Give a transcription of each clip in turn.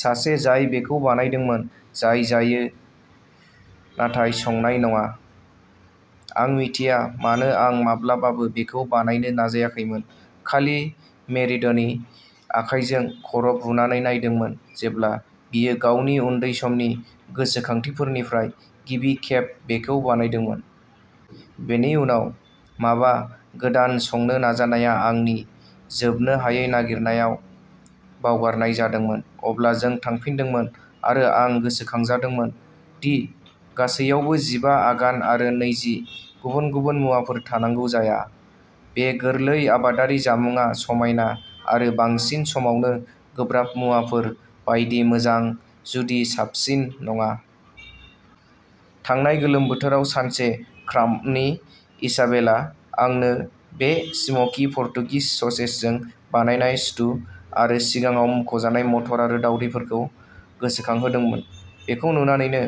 सासे जाय बेखौ बानायदोंमोन, जाय जायो नाथाय संनाय नङा। आं मिथिया मानो आं माब्लाबाबो बेखौ बानायनो नाजाखैमोन, खालि मेरिड'नि आखाइजों खर' बुनानै नायदोंमोन जेब्ला बियो गावनि उन्दै समनि गोसोखांथिफोरनिफ्राय गिबि खेब बेखौ बानायदोंमोन। बेनि उनाव माबा गोदान संनो नाजानाया आंनि जोबनो हायै नागिरनायाव बावगारनाय जादोंमोन। अब्ला जों थांफिनदोंमोन आरो आं गोसोखांजादोंमोन दि गासैयावबो जिबा आगान आरो नैजि गुबुन-गुबुन मुवाफोर थानांगौ जाया। बै गोरलै आबादारि जामुंआ समायना आरो बांसिन समावनो गोब्राब मुवाफोर बायदि मोजां, जुदि साबसिन नङा। थांनाय गोलोम बोथोराव सानसे, क्राम्बनि इसाबेला, आंनो बे स्मोकी पर्तुगिस ससेजजों बानायनाय स्टु आरो सिगाङाव मुंख'जानाय मटर आरो दावदैफोरखौ गोसोखांहोदोंमोन। बेखौ नुनानैनो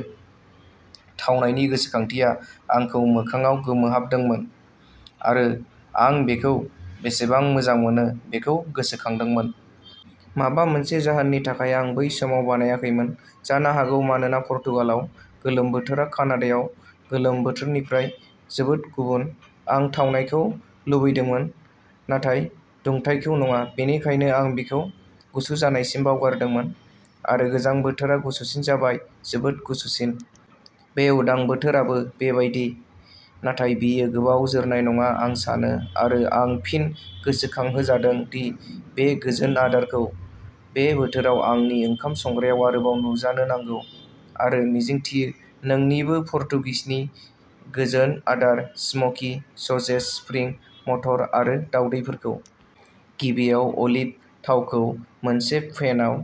थावनायनि गोसोखांथिया आंखौ मोखांआव गोमोहाबदोंमोन आरो आं बेखौ बेसेबां मोजां मोनो बेखौ गोसोखांदोंमोन। माबा मोनसे जाहोननि थाखाय आं बै समाव बानायाखैमोन। जानो हागौ मानोना पर्तुगालाव गोलोम बोथोरा कानाडायाव गोलोम बोथोरनिफ्राय जोबोद गुबुन। आं थावनायखौ लुबैदोंमोन, नाथाय दुंथाइखौ नङा, बेनिखायनो आं बेखौ गुसु जानायसिम बावगारदोंमोन। आरो गोजां बोथोरा गुसुसिन जाबाय, जोबोद गुसुसिन। बे उदां बोथोराबो बेबायदि, नाथाय बेयो गोबाव जोरनाय नङा आं सानो आरो आं फिन गोसोखांहोजादों दि बे गोजोन आदारखौ बे बोथोराव आंनि ओंखाम संग्रायाव आरोबाव नुजानो नांगौ आरो मिजिंथियो नोंनिबो। पर्तुगिसनि गोजोन आदार स्मोकी ससेज, स्प्रिं मटर आरो दावदैफोरखौ। गिबियाव अलिभ थावखौ मोनसे पेनआव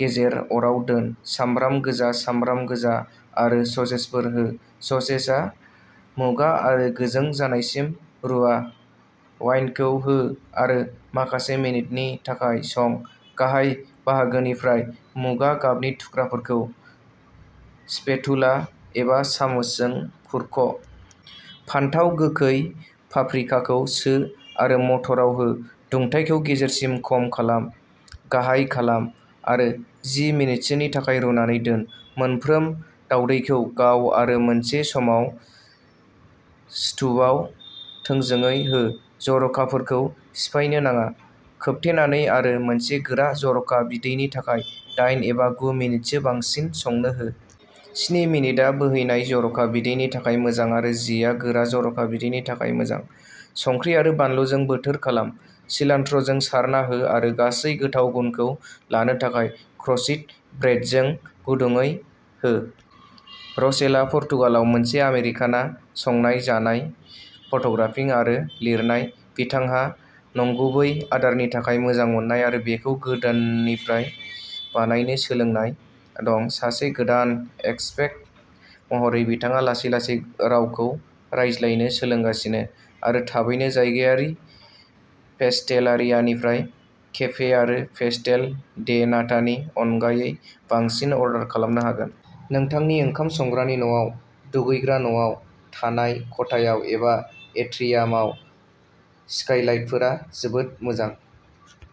गेजेर अराव दोन। सामब्राम गोजा, सामब्राम गोजा आरो ससेजफोर हो। ससेजआ मुगा आरो गोजों जानायसिम रुवा। वाइनखौ हो आरो माखासे मिनिटनि थाखाय सं, गाहाय बाहागोनिफ्राय मुगा गाबनि थुख्राफोरखौ स्पेटुला एबा सामुसजों खुरख'। फानथाव गोखै, पाप्रिकाखौ सो आरो मटराव हो। दुंथायखौ गेजेरसिम खम खालाम। गाहाय खालाम आरो जि मिनिटसोनि थाखाय रुनानै दोन। मोनफ्रोम दावदैखौ गाव आरो मोनसे समाव स्टुवआव थोंजोङै हो, जर'खाफोरखौ सिफायनो नाङा। खोबथेनानै आरो मोनसे गोरा जर'खा बिदैनि थाखाय दाइन एबा गु मिनिटसो बांसिन संनो हो। स्नि मिनिटआ बोहैनाय जर'खा बिदैनि थाखाय मोजां आरो जि आ गोरा जर'खा बिदैनि थाखाय मोजां। संख्रि आरो बानलुजों बोथोर खालाम। सिलान्ट्र'जों सारना हो आरो गासै गोथाव गुनखौ लानो थाखाय क्रस्टि ब्रेडजों गुदुंयै हो। र'शेलआ पर्तुगालाव मोनसे आमेरिकाना संनाय, जानाय, फट'ग्राफिं आरो लिरनाय। बिथांहा नंगुबै आदारनि थाखाय मोजां मोननाय आरो बेखौ गोदाननिफ्राय बानायनो सोलोंनाय दं। सासे गोदान एक्सपेट महरै बिथाङा लासै-लासै रावखौ रायज्लायनो सोलोंगासिनो आरो थाबैनो जायगायारि पेस्टेलारियानिफ्राय केफे आरो पेस्टेल डे नाटानि अनगायै बांसिन अर्डार खालामनो हागोन। नोंथांनि ओंखाम संग्रानि न'आव, दुगैग्रा न'आव, थानाय खथायाव, एबा एट्रियामाव, स्काइलाइटफोरा जोबोद मोजां।